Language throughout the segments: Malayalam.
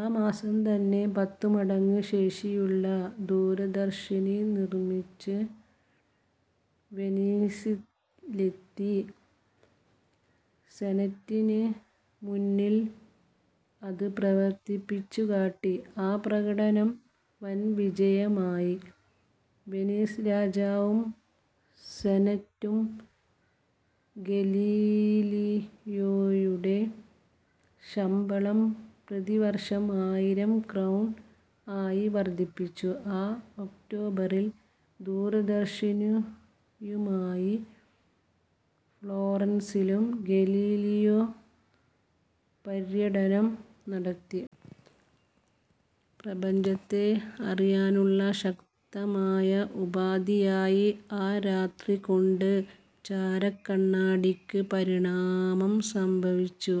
ആ മാസം തന്നെ പത്തുമടങ്ങ് ശേഷിയുള്ള ദൂരദർശിനി നിർമിച്ച് വെനീസിലെത്തി സെനറ്റിന് മുന്നിൽ അത് പ്രവർത്തിപ്പിച്ചു കാട്ടി. ആ പ്രകടനം വൻവിജയമായി. വെനീസ് രാജാവും സെനറ്റും ഗലീലിയോയുടെ ശമ്പളം പ്രതിവർഷം ആയിരം ക്രൗൺ ആയി വർദ്ധിപ്പിച്ചു. ആ ഒക്ടോബറിൽ ദൂരദർശിനിയുമായി ഫ്ളോറൻസിലും ഗലീലിയോ പര്യടനം നടത്തി. പ്രപഞ്ചത്തെ അറിയാനുള്ള ശക്തമായ ഉപാധിയായി ആ രാത്രികൊണ്ട് ചാരക്കണ്ണാടിക്ക് പരിണാമം സംഭവിച്ചു.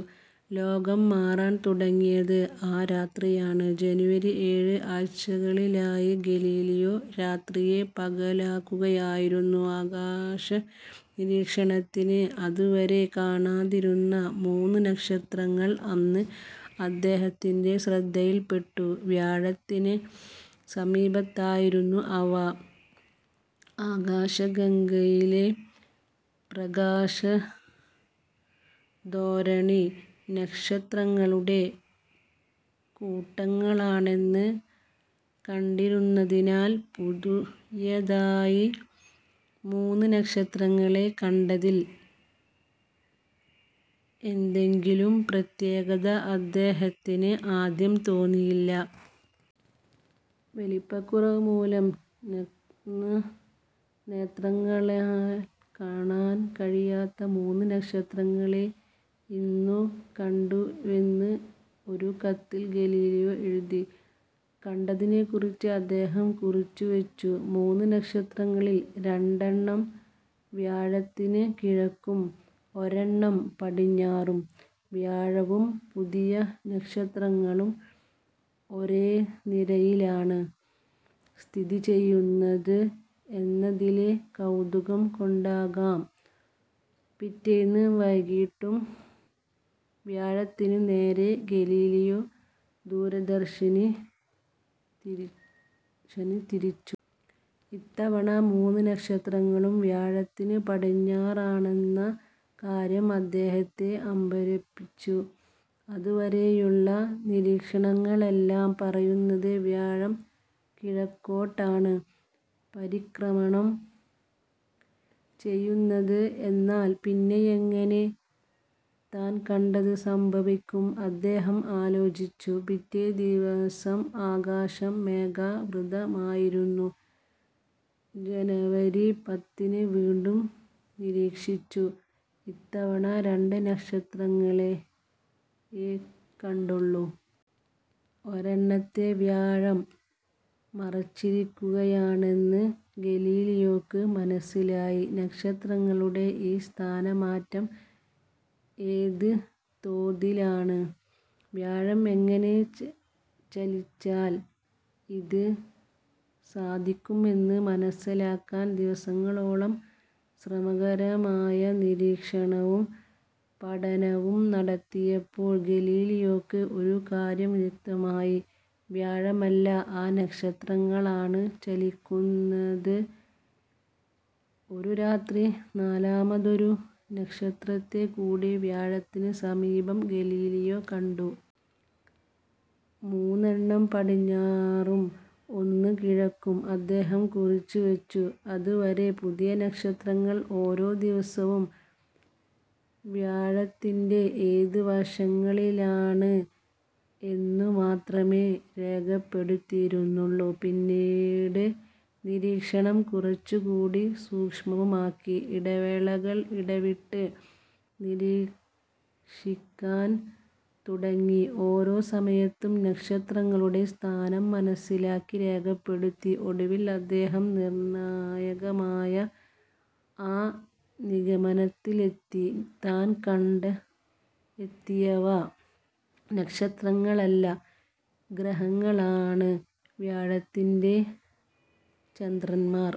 ലോകം മാറാൻ തുടങ്ങിയത് ആ രാത്രിയാണ്. ജനവരി ഏഴ്. ആഴ്ചകളായി ഗലീലിയോ രാത്രിയെ പകലാക്കുകയായിരുന്നു, ആകാശനിരീക്ഷണത്തിന്. അതുവരെ കാണാതിരുന്ന മൂന്ന് നക്ഷത്രങ്ങൾ അന്ന് അദ്ദേഹത്തിന്റെ ശ്രദ്ധയിൽ പെട്ടു. വ്യാഴത്തിന് സമീപത്തായിരുന്നു അവ. ആകാശഗംഗയിലെ പ്രകാശധോരണി നക്ഷത്രങ്ങളുടെ കൂട്ടങ്ങളാണെന്ന് കണ്ടിരുന്നതിനാൽ, പുതിയതായി മൂന്ന് നക്ഷത്രങ്ങളെ കണ്ടതിൽ എന്തെങ്കിലും പ്രത്യേകത അദ്ദേഹത്തിന് ആദ്യം തോന്നിയില്ല. 'വലിപ്പക്കുറവ് മൂലം നഗ്നനേത്രങ്ങളാൽ കാണാൻ കഴിയാത്ത മൂന്ന് നക്ഷത്രങ്ങളെ ഇന്ന് കണ്ടു'വെന്ന് ഒരു കത്തിൽ ഗലീലിയോ എഴുതി. കണ്ടതിനെക്കുറിച്ച് അദ്ദേഹം കുറിച്ചുവെച്ചു; മൂന്നു നക്ഷത്രങ്ങളിൽ രണ്ടെണ്ണം വ്യാഴത്തിന് കിഴക്കും ഒരെണ്ണം പടിഞ്ഞാറും. വ്യാഴവും പുതിയ നക്ഷത്രങ്ങളും ഒരേ നിരയിലാണ് സ്ഥിതിചെയ്യുന്നത് എന്നതിലെ കൗതുകം കൊണ്ടാകാം, പിറ്റേന്ന് വൈകിട്ടും വ്യാഴത്തിന് നേരെ ഗലീലിയോ ദൂരദർശനി തിരിച്ചു. ഇത്തവണ മൂന്ന് നക്ഷത്രങ്ങളും വ്യാഴത്തിന് പടിഞ്ഞാറാണെന്ന കാര്യം അദ്ദേഹത്തെ അമ്പരപ്പിച്ചു. അതുവരെയുള്ള നിരീക്ഷണങ്ങളെല്ലാം പറയുന്നത് വ്യാഴം കിഴക്കോട്ടാണ് പരിക്രമണം ചെയ്യുന്നത് എന്നാണ്, പിന്നെയെങ്ങനെ താൻ കണ്ടത് സംഭവിക്കും-അദ്ദേഹം ആലോചിച്ചു. പിറ്റേ ദിവസം ആകാശം മേഘാവൃതമായിരുന്നു. ജനവരി പത്തിന് വീണ്ടും നീരീക്ഷിച്ചു, ഇത്തവണ രണ്ട് നക്ഷത്രങ്ങളെയേ കണ്ടുള്ളു. ഒരെണ്ണത്തെ വ്യാഴം മറച്ചിരിക്കുകയാണെന്ന് ഗലീലിയോയ്ക്ക് മനസ്സിലായി. നക്ഷത്രങ്ങളുടെ ഈ സ്ഥാനമാറ്റം ഏത് തോതിലാണ്, വ്യാഴം എങ്ങനെ ചലിച്ചാൽ ഇത് സാധിക്കും എന്ന് മനസ്സിലാക്കാൻ ദിവസങ്ങളോളം ശ്രമകരമായ നിരീക്ഷണവും പഠനവും നടത്തിയപ്പോൾ ഗലീലിയോയ്ക്ക് ഒരു കാര്യം വ്യക്തമായി -വ്യാഴമല്ല, ആ നക്ഷത്രങ്ങളാണ് ചലിക്കുന്നത്! ഒരു രാത്രി നാലാമതൊരു നക്ഷത്രത്തെക്കൂടി വ്യാഴത്തിന് സമീപം ഗലീലിയോ കണ്ടു. മൂന്നെണ്ണം പടിഞ്ഞാറും ഒന്ന് കിഴക്കും'-അദ്ദേഹം കുറിച്ചുവെച്ചു. അതുവരെ പുതിയ നക്ഷത്രങ്ങൾ ഓരോ ദിവസവും വ്യാഴത്തിന്റെ ഏത് വശങ്ങളിലാണ് എന്നുമാത്രമേ രേഖപ്പെടുത്തിയിരുന്നുള്ളൂ. പിന്നീട് നിരീക്ഷണം കുറച്ചുകൂടി സൂക്ഷ്മമാക്കി, ഇടവേളകൾ ഇടവിട്ട് നിരീക്ഷിക്കാൻ തുടങ്ങി. ഓരോ സമയത്തും നക്ഷത്രങ്ങളുടെ സ്ഥാനം മനസ്സിലാക്കി രേഖപ്പെടുത്തി. ഒടുവിൽ അദ്ദേഹം നിർണായകമായ ആ നിഗമനത്തിലെത്തി, താൻ കണ്ടെത്തിയവ നക്ഷത്രങ്ങളല്ല, ഗ്രഹങ്ങളാണ്-വ്യാഴത്തിന്റെ ചന്ദ്രൻമാർ.